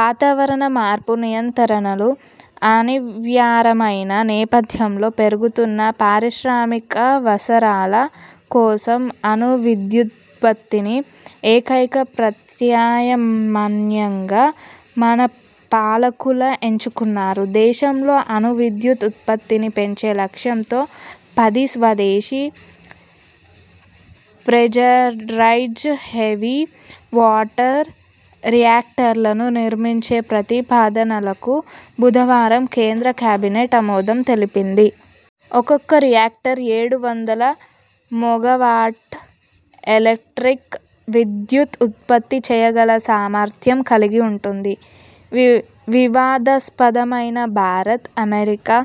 వాతావరణ మార్పు నియంత్రణలు అనివార్యమైన నేపథ్యంలో పెరుగుతున్న పారిశ్రామికావసరాల కోసం అణు విద్యుదుత్పత్తిని ఏకైక ప్రత్యామ్నాయంగా మన పాలకులు ఎంచుకున్నారు. దేశంలో అణు విద్యుత్ ఉత్పత్తిని పెంచే లక్ష్యంతో పది స్వదేశీ ప్రెజరైజ్డ్ హెవీ వాటర్ రియాక్టర్లను నిర్మించే ప్రతిపాదనలకు బుధవారం కేంద్ర కేబినెట్ ఆమోదం తెలిపింది. ఒక్కొక్క రియాక్టర్ ఏడు వందల మెగావాట్ ఎలక్ట్రిక్ విద్యుత్ను ఉత్పత్తి చేయగల సామర్థ్యం కలిగి ఉంటుంది. వివాదాస్పదమైన భారత్ అమెరికా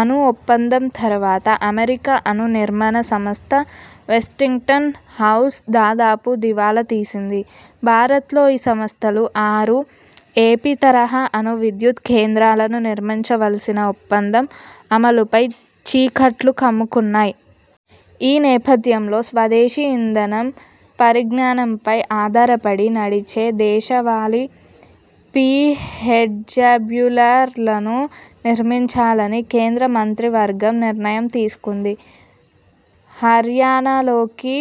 అణు ఒప్పందం తర్వాత అమెరికా అణు నిర్మాణ సంస్థ వెస్టింగ్టన్ హౌస్ దాదాపు దివాలా తీసింది. భారత్లో ఈ సంస్థలు ఆరు 'ఏపీ ' తరహా అణు విద్యుత్ కేంద్రాలను నిర్మించవలసిన ఒప్పందం అమలుపై చీకట్లు కమ్ముకున్నాయి. ఈ నేపథ్యంలో స్వదేశీ ఇంధనం పరిజ్ఞానంపై ఆధారపడి నడిచే దేశవాళి పీహెచ్డబ్ల్యూఆర్లను నిర్మించాలని కేంద్ర మంత్రివర్గం నిర్ణయం తీసుకుంది. హర్యానాలోకి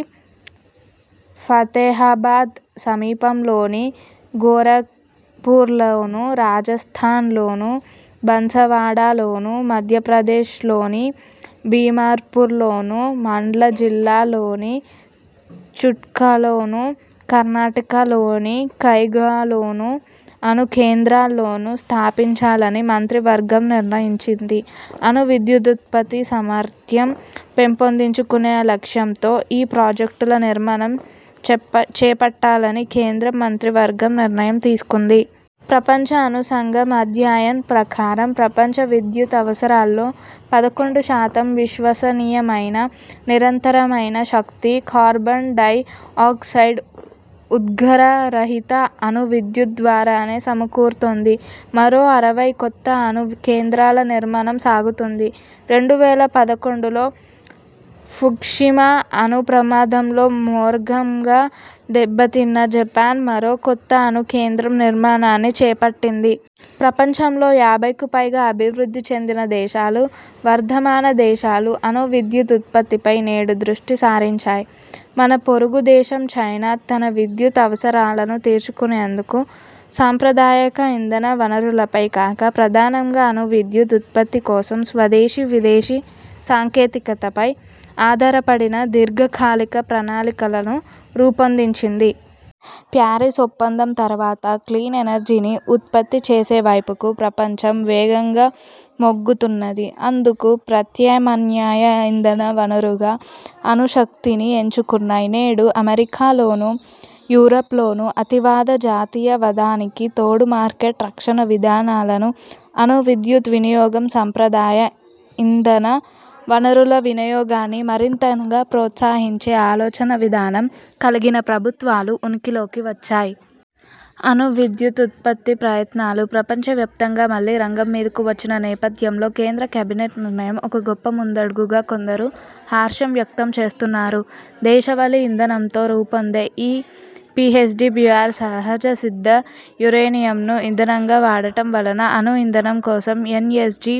ఫతేహాబాద్ సమీపంలోని గోరఖ్పూర్లోను, రాజస్థాన్లో బాన్సవాడలోను, మధ్యప్రదేశ్లోని భీమ్పూర్లోను, మాండ్ల జిల్లాలోని చుట్కాలోను, కర్ణాటకలోని కైగాలోను అణు కేంద్రాలను స్థాపించాలని మంత్రివర్గం నిర్ణయించింది. అణువిద్యుదుత్పత్తి సామర్థ్యం పెంపొందించుకునే లక్ష్యంతో ఈ ప్రాజెక్టుల నిర్మాణం చేపట్టాలని కేంద్ర మంత్రివర్గం నిర్ణయం తీసుకుంది. ప్రపంచ అణు సంఘం అధ్యయనం ప్రకారం ప్రపంచ విద్యుత్ అవసరాల్లో పదకొండు శాతం విశ్వసనీయమైన, నిరంతరాయమైన శక్తి, కార్బన్ డై ఆక్సైడ్ ఉద్గారరహిత అణు విద్యుత్ ద్వారానే సమకూరుతోంది. మరో అరవై కొత్త అణు కేంద్రాల నిర్మాణం సాగుతోంది. రెండు వేల పదకొండులో ఫుకుషిమా అణు ప్రమాదంలో ఘోరంగా దెబ్బతిన్న జపాన్ మరో కొత్త అణు కేంద్రం నిర్మాణాన్ని చేపట్టింది. ప్రపంచంలో యాభైకు పైగా అభివృద్ధి చెందిన దేశాలు, వర్ధమాన దేశాలు అణు విద్యుత్ ఉత్పత్తిపై నేడు దృష్టి సారించాయి. మన పొరుగు దేశం చైనా తన విద్యుత్ అవసరాలను తీర్చుకునేందుకు సంప్రదాయక ఇంధన వనరులపై కాక, ప్రధానంగా అణు విద్యుత్ ఉత్పత్తి కోసం స్వదేశీ, విదేశీ సాంకేతికతపై ఆధారపడిన దీర్ఘకాలిక ప్రణాళికలను రూపొందించింది. ప్యారిస్ ఒప్పందం తర్వాత క్లీన్ ఎనర్జీని ఉత్పత్తి చేసే వైపుకు ప్రపంచం వేగంగా మొగ్గుతున్నది. అందుకు ప్రత్యామ్నాయ ఇంధన వనరుగా అణుశక్తిని ఎంచుకున్నాయి. నేడు అమెరికాలోను, యూరప్లోను అతివాద జాతీయవాదానికి తోడు మార్కెట్ రక్షణ విధానాలను, అణు విద్యుత్ వినియోగం, సంప్రదాయ ఇంధన వనరుల వినియోగాన్ని మరింతగా ప్రోత్సహించే ఆలోచనా విధానం కలిగిన ప్రభుత్వాలు ఉనికిలోకి వచ్చాయి. అణు విద్యుదుత్పత్తి ప్రయత్నాలు ప్రపంచవ్యాప్తంగా మళ్లీ రంగం మీదకు వచ్చిన నేపథ్యంలో కేంద్ర కేబినెట్ నిర్ణయం ఒక గొప్ప ముందడుగుగా కొందరు హర్షం వ్యక్తం చేస్తున్నారు. దేశవాళీ ఇంధనంతో రూపొందే ఈ పీహెచ్డబ్ల్యూఆర్ సహజసిద్ధ యురేనియంను ఇంధనంగా వాడటం వలన అణు ఇంధనం కోసం ఎన్ఎస్జీ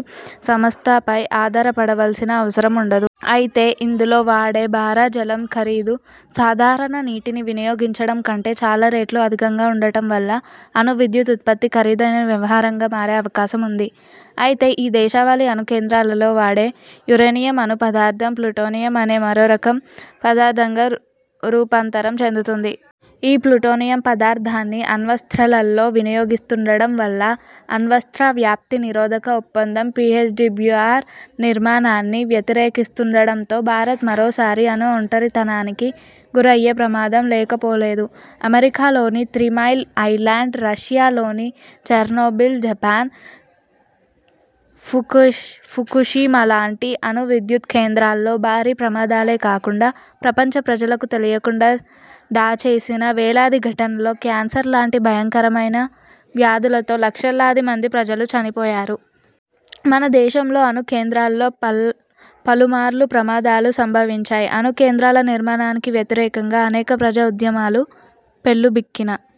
సంస్థపై ఆధారపడవలసిన అవసరం ఉండదు. అయితే ఇందులో వాడే భార జలం ఖరీదు సాధారణ నీటిని వినియోగించడం కంటే చాలా రెట్లు అధికంగా ఉండటం వల్ల అణువిద్యుత్పత్తి ఖరీదైన వ్యవహారంగా మారే అవకాశం ఉంది. అయితే ఈ దేశవాళి అణు కేంద్రాలలో వాడే యురేనియం అణు పదార్థం ప్లూటోనియం అనే మరోరకం పదార్థంగా రూపాంతరం చెందుతుంది. ఈ ప్లుటోనియం పదార్థాన్ని అణ్వస్త్రాలలో వినియోగిస్తుండడం వల్ల అణ్వస్త్ర వ్యాప్తి నిరోధక ఒప్పందం పీహెచ్డబ్ల్యూఆర్ నిర్మాణాన్ని వ్యతిరేకిస్తుండడంతో భారత్ మరోసారి అణు ఒంటరితనానికి గురయ్యే ప్రమాదం లేకపోలేదు. అమెరికాలోని త్రీమైల్ ఐలాండ్, రష్యాలోని చెర్నోబిల్, జపాన్ ఫుకుషిమాలాంటి అణు విద్యుత్ కేంద్రాల్లో భారీ ప్రమాదాలే కాకుండా, ప్రపంచ ప్రజలకు తెలియకుండా దాచేసిన వేలాది ఘటనల్లో క్యాన్సర్ లాంటి భయంకరమైన వ్యాధులతో లక్షలాది మంది ప్రజలు చనిపోయారు. మన దేశంలో అణు కేంద్రాల్లో పలుమార్లు ప్రమాదాలు సంభవించాయి. అణు కేంద్రాల నిర్మాణానికి వ్యతిరేకంగా అనేక ప్రజా ఉద్యమాలు పెల్లుబికిన